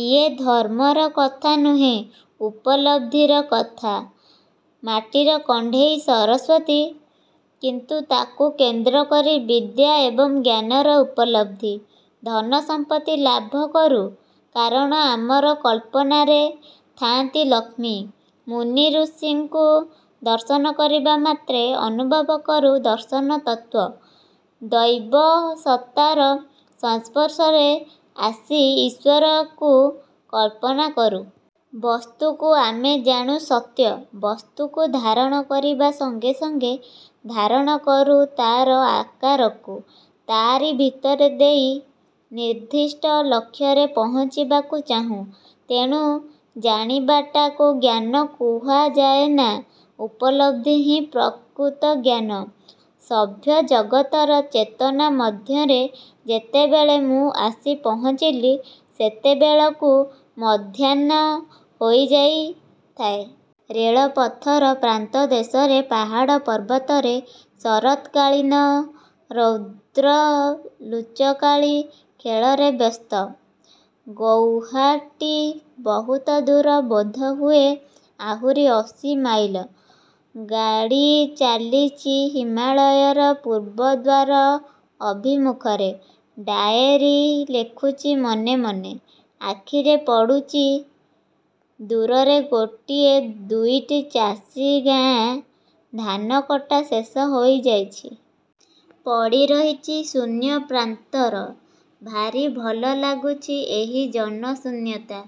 ଇଏ ଧର୍ମର କଥା ନୁହେଁ, ଉପଲବ୍ଧିର କଥା। ମାଟିର କଣ୍ଢେଇ ସରସ୍ୱତୀ, କିନ୍ତୁ ତାକୁ କେନ୍ଦ୍ର କରି ବିଦ୍ୟା ଏବଂ ଜ୍ଞାନର ଉପଲବ୍ଧି। ଧନସମ୍ପତ୍ତି ଲାଭ କରୁ, କାରଣ ଆମର କଳ୍ପନାରେ ଥାଆନ୍ତି ଲକ୍ଷ୍ମୀ। ମୁନି ଋଷିଙ୍କୁ ଦର୍ଶନ କରିବାମାତ୍ରେ ଅନୁଭବ କରୁ ଦର୍ଶନତତ୍ତ୍ୱ। ଦୈବସତ୍ତାର ସଂସ୍ପର୍ଶରେ ଆସି ଈଶ୍ୱରକୁ କଳ୍ପନା କରୁ। ବସ୍ତୁକୁ ଆମେ ଜାଣୁ ସତ୍ୟ। ବସ୍ତୁକୁ ଧାରଣ କରିବା ସଙ୍ଗେ ସଙ୍ଗେ ଧାରଣ କରୁ ତାର ଆକାରକୁ। ତାରି ଭିତରେ ଦେଇ ନିର୍ଦ୍ଦିଷ୍ଟ ଲକ୍ଷ୍ୟରେ ପହଞ୍ଚିବାକୁ ଚାହୁଁ। ତେଣୁ ଜାଣିବାଟାକୁ ଜ୍ଞାନ କୁହାଯାଏନା, ଉପଲବ୍ଧି ହିଁ ପ୍ରକୃତ ଜ୍ଞାନ। ସଭ୍ୟ ଜଗତର ଚେତନା ମଧ୍ୟରେ ଯେତେବେଳେ ମୁଁ ଆସି ପହଞ୍ଚିଲି, ସେତେବେଳକୁ ମଧ୍ୟାହ୍ନ ହୋଇଯାଇଥାଏ। ରେଳପଥର ପ୍ରାନ୍ତଦେଶରେ ପାହାଡ଼ ପର୍ବତରେ ଶରତ୍କାଳୀନ ରୌଦ୍ର ଲୁଚକାଳି ଖେଳରେ ବ୍ୟସ୍ତ। ଗୌହାଟୀ ବହୁତ ଦୂର, ବୋଧହୁଏ ଆହୁରି ଅଶୀ ମାଇଲ। ଗାଡ଼ି ଚାଲିଚି ହିମାଳୟର ପୂର୍ବଦ୍ୱାର ଅଭିମୁଖରେ। ଡାଏରୀ ଲେଖୁଚି ମନେ ମନେ। ଆଖିରେ ପଡ଼ୁଛି ଦୂରରେ ଗୋଟିଏ ଦୁଇଟି ଚାଷୀ ଗାଁ ଧାନ କଟା ଶେଷ ହୋଇଯାଇଛି। ପଡ଼ିରହିଛି ଶୂନ୍ୟ ପ୍ରାନ୍ତର। ଭାରି ଭଲ ଲାଗୁଛି ଏହି ଜନଶୂନ୍ୟତା।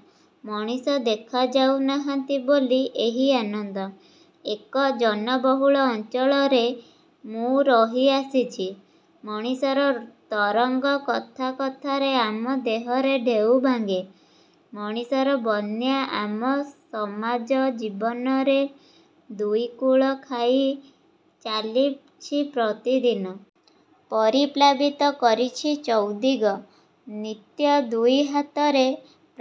ମଣିଷ ଦେଖାଯାଉ ନାହାନ୍ତି ବୋଲି ଏହି ଆନନ୍ଦ। ଏକ ଜନବହୁଳ ଅଞ୍ଚଳରେ ମୁଁ ରହି ଆସିଛି। ମଣିଷର ତରଙ୍ଗ କଥା କଥାରେ ଆମ ଦେହରେ ଢେଉ ଭାଙ୍ଗେ। ମଣିଷର ବନ୍ୟା ଆମ ସମାଜଜୀବନରେ ଦୁଇକୂଳ ଖାଇ ଚାଲିଛି ପ୍ରତିଦିନ। ପରିପ୍ଲାବିତ କରିଛି ଚୌଦିଗ। ନିତ୍ୟ ଦୁଇ ହାତରେ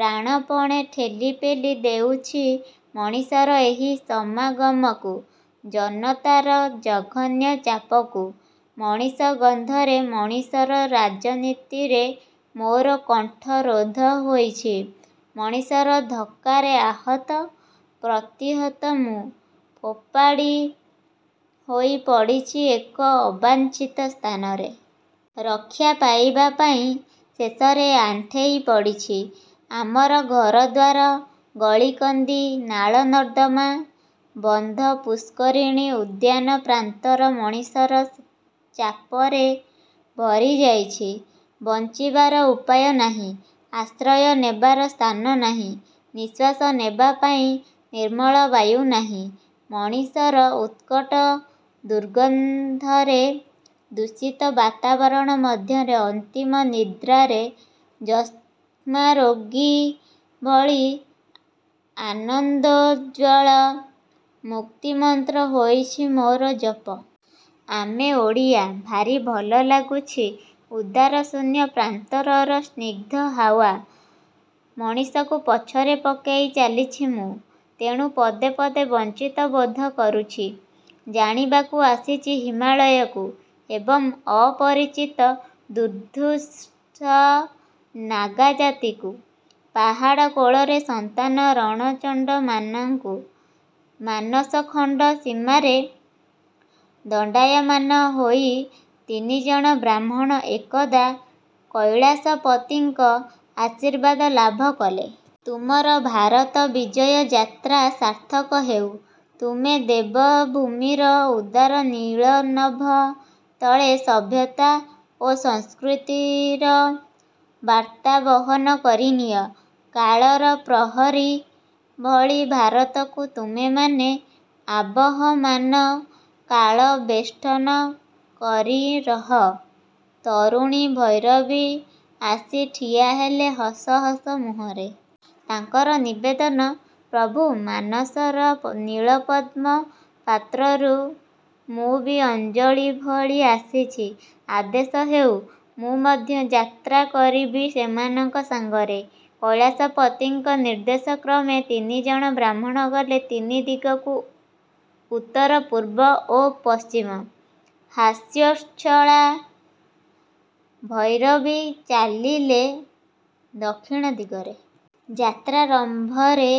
ପ୍ରାଣପଣେ ଠେଲି ପେଲି ଦେଉଛି ମଣିଷର ଏହି ସମାଗମକୁ, ଜନତାର ଜଘନ୍ୟ ଚାପକୁ। ମଣିଷ ଗନ୍ଧରେ, ମଣିଷର ରାଜନୀତିରେ ମୋର କଣ୍ଠରୋଧ ହୋଇଛି। ମଣିଷର ଧକ୍କାରେ ଆହତ, ପ୍ରତିହତ ମୁଁ। ଫୋପାଡ଼ି ହୋଇ ପଡ଼ିଛି ଏକ ଅବାଞ୍ଛିତ ସ୍ଥାନରେ। ରକ୍ଷା ପାଇବା ପାଇଁ ଶେଷରେ ଆଣ୍ଠେଇ ପଡ଼ିଛି। ଆମର ଘରଦ୍ୱାର, ଗଳି କନ୍ଦି, ନାଳ ନର୍ଦ୍ଦମା, ବନ୍ଧ ପୁଷ୍କରିଣୀ, ଉଦ୍ୟାନ ପ୍ରାନ୍ତର ମଣିଷର ଚାପରେ ଭରିଯାଇଛି, ବଞ୍ଚିବାର ଉପାୟ ନାହିଁ। ଆଶ୍ରୟ ନେବାର ସ୍ଥାନ ନାହିଁ, ନିଶ୍ୱାସ ନେବା ପାଇଁ ନିର୍ମଳ ବାୟୁ ନାହିଁ। ମଣିଷର ଉତ୍କଟ ଦୁର୍ଗନ୍ଧରେ ଦୂଷିତ ବାତାବରଣ ମଧ୍ୟରେ ଅନ୍ତିମ ନିଦ୍ରାରେ ଯକ୍ଷ୍ମାରୋଗୀ ଭଳି ଆନନ୍ଦୋଜ୍ଜ୍ୱଳ ମୁକ୍ତିମନ୍ତ୍ର ହୋଇଛି ମୋର ଜପ। ଆମେ ଓଡ଼ିଆ ଭାରି ଭଲ ଲାଗୁଛି ଉଦାରଶୂନ୍ୟ ପ୍ରାନ୍ତରର ସ୍ନିଗ୍ଧ ହାୱା। ମଣିଷକୁ ପଛରେ ପକେଇ ଚାଲିଛି ମୁଁ, ତେଣୁ ପଦେ ପଦେ ବଞ୍ଚିତ ବୋଧ କରୁଛି। ଜାଣିବାକୁ ଆସିଛି ହିମାଳୟକୁ ଏବଂ ଅପରିଚିତ ଦୁର୍ଦ୍ଧର୍ଷ ନାଗାଜାତିକୁ ପାହାଡ଼ କୋଳରେ ସନ୍ତାନ ରଣଚଣ୍ଡମାନଙ୍କୁ। ମାନସଖଣ୍ଡ ସୀମାରେ ଦଣ୍ଡାୟମାନ ହୋଇ ତିନିଜଣ ବ୍ରାହ୍ମଣ ଏକଦା କୈଳାସପତିଙ୍କ ଆଶୀର୍ବାଦ ଲାଭ କଲେ। ତୁମର ଭାରତ ବିଜୟ ଯାତ୍ରା ସାର୍ଥକ ହେଉ। ତୁମେ ଦେବଭୂମିର ଉଦାର ନୀଳନଭ ତଳେ ସଭ୍ୟତା ଓ ସଂସ୍କୃତିର ବାର୍ତ୍ତା ବହନ କରିନିଅ। କାଳର ପ୍ରହରୀ ଭଳି ଭାରତକୁ ତୁମେମାନେ ଆବହମାନ କାଳ ବେଷ୍ଟନ କରି ରହ। ତରୁଣୀ ଭୈରବୀ ଆସି ଠିଆହେଲେ ହସ ହସ ମୁହଁରେ। ତାଙ୍କର ନିବେଦନ, ପ୍ରଭୁ। ମାନସର ନୀଳପଦ୍ମ ପାତ୍ରରୁ ମୁଁ ବି ଅଞ୍ଜଳି ଭଳି ଆସିଛି, ଆଦେଶ ହେଉ, ମୁଁ ମଧ୍ୟ ଯାତ୍ରା କରିବି ସେମାନଙ୍କ ସାଙ୍ଗରେ। କୈଳାସପତିଙ୍କ ନିର୍ଦ୍ଦେଶକ୍ରମେ ତିନିଜଣ ବ୍ରାହ୍ମଣ ଗଲେ ତିନି ଦିଗକୁ ଉତ୍ତର, ପୂର୍ବ ଓ ପଶ୍ଚିମ। ହାସ୍ୟୋଚ୍ଛଳା ଭୈରବୀ ଚାଲିଲେ ଦକ୍ଷିଣ ଦିଗରେ। ଯାତ୍ରାରମ୍ଭରେ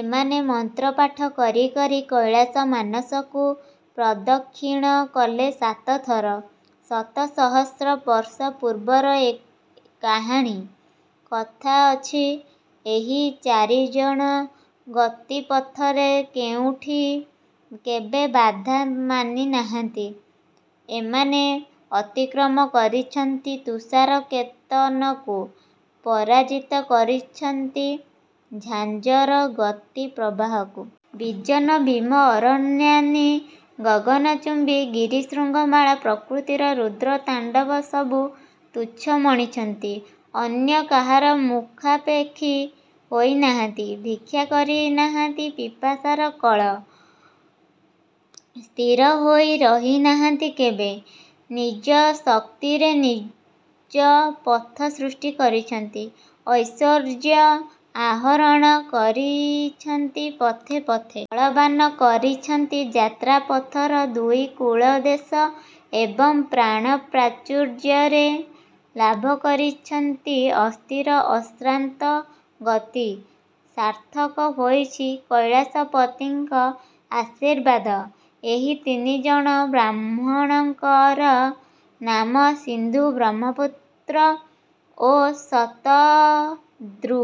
ଏମାନେ ମନ୍ତ୍ରପାଠ କରି କରି କୈଳାସ ମାନସକୁ ପ୍ରଦକ୍ଷିଣ କଲେ ସାତଥର। ଶତ ସହସ୍ର ବର୍ଷ ପୂର୍ବର ଏ କାହାଣୀ। କଥା ଅଛି, ଏହି ଚାରିଜଣ ଗତିପଥରେ କେଉଁଠି କେବେ ବାଧା ମାନି ନାହାନ୍ତି। ଏମାନେ ଅତିକ୍ରମ କରିଛନ୍ତି ତୁଷାରକେତନକୁ। ପରାଜିତ କରିଛନ୍ତି ଝାଞ୍ଜର ଗତିପ୍ରବାହକୁ। ବିଜନ ଭୀମ ଅରଣ୍ୟାନୀ, ଗଗନଚୁମ୍ବୀ ଗିରିଶୃଙ୍ଗମାଳା, ପ୍ରକୃତିର ରୁଦ୍ର ତାଣ୍ଡବ ସବୁ ତୁଚ୍ଛ ମଣିଛନ୍ତି। ଅନ୍ୟ କାହାର ମୁଖାପେକ୍ଷୀ ହୋଇନାହାନ୍ତି। ଭିକ୍ଷା କରି ନାହାନ୍ତି ପିପାସାର କଳ। ସ୍ଥିର ହୋଇ ରହି ନାହାନ୍ତି କେବେ। ନିଜ ଶକ୍ତିରେ ନିଜ ପଥ ସୃଷ୍ଟି କରିଛନ୍ତି। ଐଶ୍ୱର୍ଯ୍ୟ ଆହରଣ କରିଛନ୍ତି ପଥେ ପଥେ। ଫଳବାନ କରିଛନ୍ତି ଯାତ୍ରାପଥର ଦୁଇ କୂଳଦେଶ ଏବଂ ପ୍ରାଣପ୍ରାଚୁର୍ଯ୍ୟରେ ଲାଭ କରିଛନ୍ତି ଅସ୍ଥିର ଅଶ୍ରାନ୍ତ ଗତି। ସାର୍ଥକ ହୋଇଛି କୈଳାସପତିଙ୍କ ଆଶୀର୍ବାଦ। ଏହି ତିନିଜଣ ବ୍ରାହ୍ମଣଙ୍କର ନାମ ସିନ୍ଧୁ, ବ୍ରହ୍ମପୁତ୍ର ଓ ଶତଦ୍ରୁ।